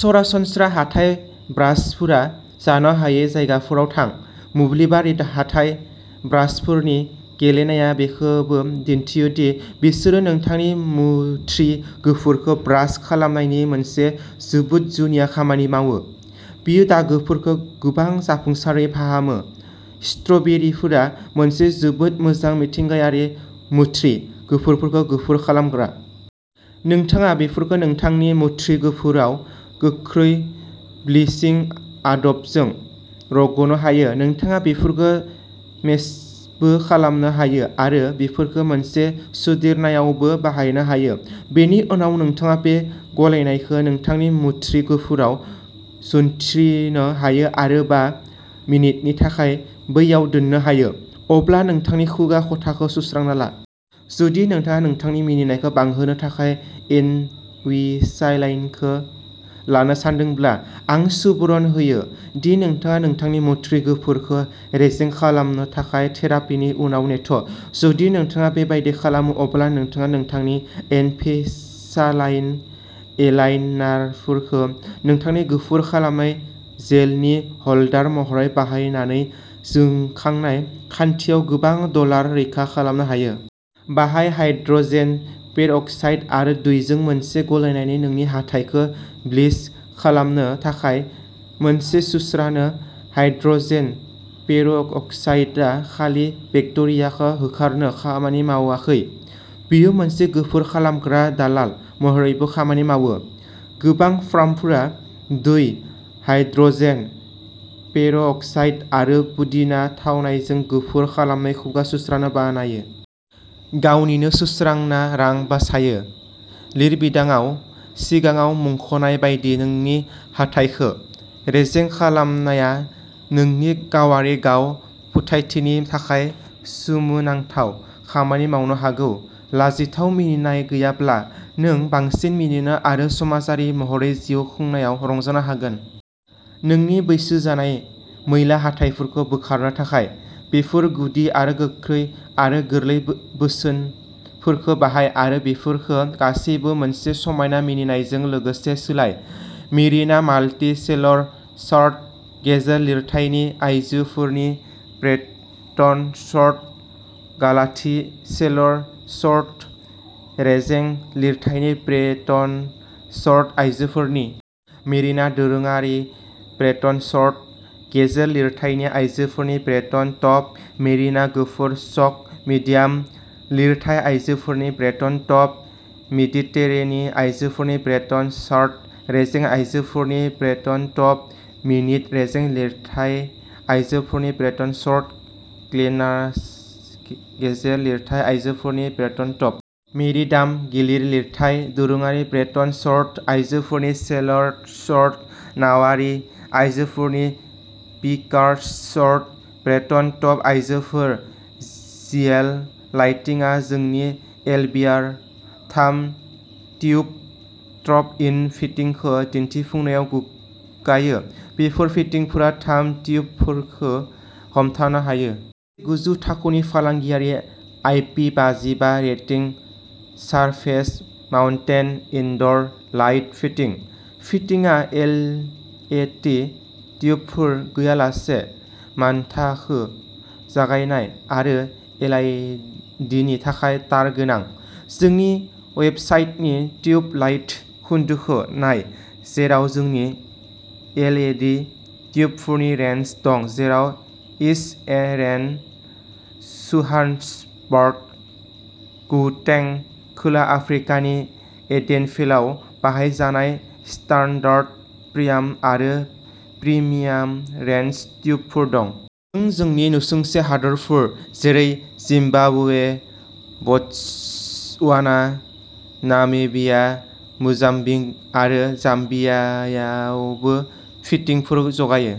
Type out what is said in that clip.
सरासनस्रा हाथाइ ब्रासफोरा जानो हायै जायगाफोराव थां। मोब्लिबारि हाथाइ ब्रासफोरनि गेलेनाया बेखौबो दिन्थियो दि बिसोरो नोंथांनि मुथ्रि गुफुरखौ ब्रास खालामनायनि मोनसे जोबोद जुनिया खामानि मावो। बेयो दागोफोरखौ गोबां जाफुंसारै फाहामो। स्ट्र'बेरिफोरा मोनसे जोबोद मोजां मिथिंगायारि मुथ्रि गुफुरखौ गुफुर खालामग्रा। नोंथाङा बेफोरखौ नोंथांनि मुथ्रि गुफुराव गोख्रै ब्लिचिं आदबजों रग'नो हायो। नोंथाङा बेफोरखौ मेसबो खालामनो हायो आरो बेफोरखौ मोनसे सोदेरनायावबो बानायनो हायो। बेनि उनाव नोंथाङा बे गलायनायखौ नोंथांनि मुथ्रि गुफुराव जुन्थ्रिनो हायो आरो बा मिनिटनि थाखाय बैयाव दोननो हायो, अब्ला नोंथांनि खुगा ख'थाखौ सुस्रांना ला। जुदि नोंथाङा नोंथांनि मिनिनायखौ बांहोनो थाखाय इनविसालाइनखौ लानो सानदोंब्ला, आं सुबुरुन होयो दि नोंथाङा नोंथांनि मुथ्रि गुफुरखौ रेजें खालामनो थाखाय थेरापिनि उनाव नेथ'। जुदि नोंथाङा बेबादि खालामो, अब्ला नोंथाङा नोंथांनि इनभिसालाइन एलाइनारफोरखौ नोंथांनि गुफुर खालामनाय जेलनि ह'ल्डार महरै बाहायनानै जोंखांनाय खान्थियाव गोबां डलार रैखा खालामनो हायो। बाहाय हाइड्र'जेन पेर'क्साइड आरो दैजों मोनसे गलायनानै नोंनि हाथाइखौ ब्लिच खालामनो थाखाय मोनसे सुस्रानो। हाइड्र'जेन पेर'क्साइडआ खालि बेक्टेरियाखौ होखारनो खामानि मावाखै, बेयो मोनसे गुफुर खालामग्रा दालाल महरैबो खामानि मावो। गोबां फार्मफोरा दै, हाइड्र'जेन पेर'क्साइड आरो पुदिना थावनायजों गुफुर खालामनाय खुगा सुस्रानो बानायो। गावनिनो सुस्रांना रां बासायो। लिरबिदांआव सिगाङाव मुंख'नाय बायदि, नोंनि हाथाइखौ रेजें खालामनाया नोंनि गावारि गाव फोथायथिनि थाखाय सोमोनांथाव खामानि मावनो हागौ। लाजिथाव मिनिनाय गैयाब्ला, नों बांसिन मिनिनो आरो समाजारि महरै जिउ खुंनायाव रंजानो हागोन। नोंनि बैसो जानाय, मैला हाथाइफोरखौ बोखारनो थाखाय बेफोर गुदि आरो गोख्रै आरो गोरलै बोसोनफोरखौ बाहाय आरो बेफोरखौ गासैबो मोनसे समायना मिनिनायजों लोगोसे सोलाय। मेरिना माल्टि सेलर शार्ट, गेजेर लिरथायनि आयजोफोरनि ब्रेटन शर्ट। गालाथि सेलर शर्ट, रेजें लिरथायनि ब्रेटन शर्ट आयजोफोरनि। मेरिना दोरोङारि ब्रेटन शर्ट, गेजेर लिरथायनि आयजोफोरनि ब्रेटन टप। मेरिना गुफुर य'क मिडियाम। लिरथाय आयजोफोरनि ब्रेटन टप। मेडिटेरेनी आयजोफोरनि ब्रेटन शार्ट, रेजें आयजोफोरनि ब्रेटन टप। मिनेट रेजें लिरथाय आयजोफोरनि ब्रेटन शर्ट। ग्लेनान्स गेजेर लिरथाय आयजोफोरनि ब्रेटन टप। मेरिडाम गिलिर लिरथाय दोरोङारि ब्रेटन शर्ट, आयजोफोरनि सेलर शर्ट। नावारि आयजोफोरनि पिकास' शर्ट, ब्रेटन टप आयजोफोर। जिएल लाइटिंआ जोंनि एलबिआर थाम ट्युब ड्रप इन फिटिंखौ दिन्थिफुंनायाव गोग्गायो। बेफोर फिटिंफोरा थाम ट्युबफोरखौ हमथानो हायो। गोजौ थाखोनि फालांगियारि, आइपि बाजि बा rating, surface mounted indoor light fitting. फिटिंआ एलइडि ट्युबफोर गैयालासे मानथाखो जगायनाय आरो एलइडिनि थाखाय तार गोनां। जोंनि वेबसाइटनि ट्युब लाइट खोन्दोखौ नाय जेराव जोंनि एलइडि ट्युबफोरनि रेन्ज दं जेराव इस्ट रेन्ड, जोहान्सबार्ग, गौतें, खोला आफ्रिकानि इडेनभेलआव बानायजानाय स्टान्डार्ड, प्रिमियाम आरो प्रिमियाम रेन्ज ट्युबफोर दं। जों जोंनि नसुंसे हादोरफोर जेरै जिम्बाब्वे, बत्सवाना, नामिबिया, मोजाम्बिक आरो जाम्बियायावबो फिटिंफोर जगायो।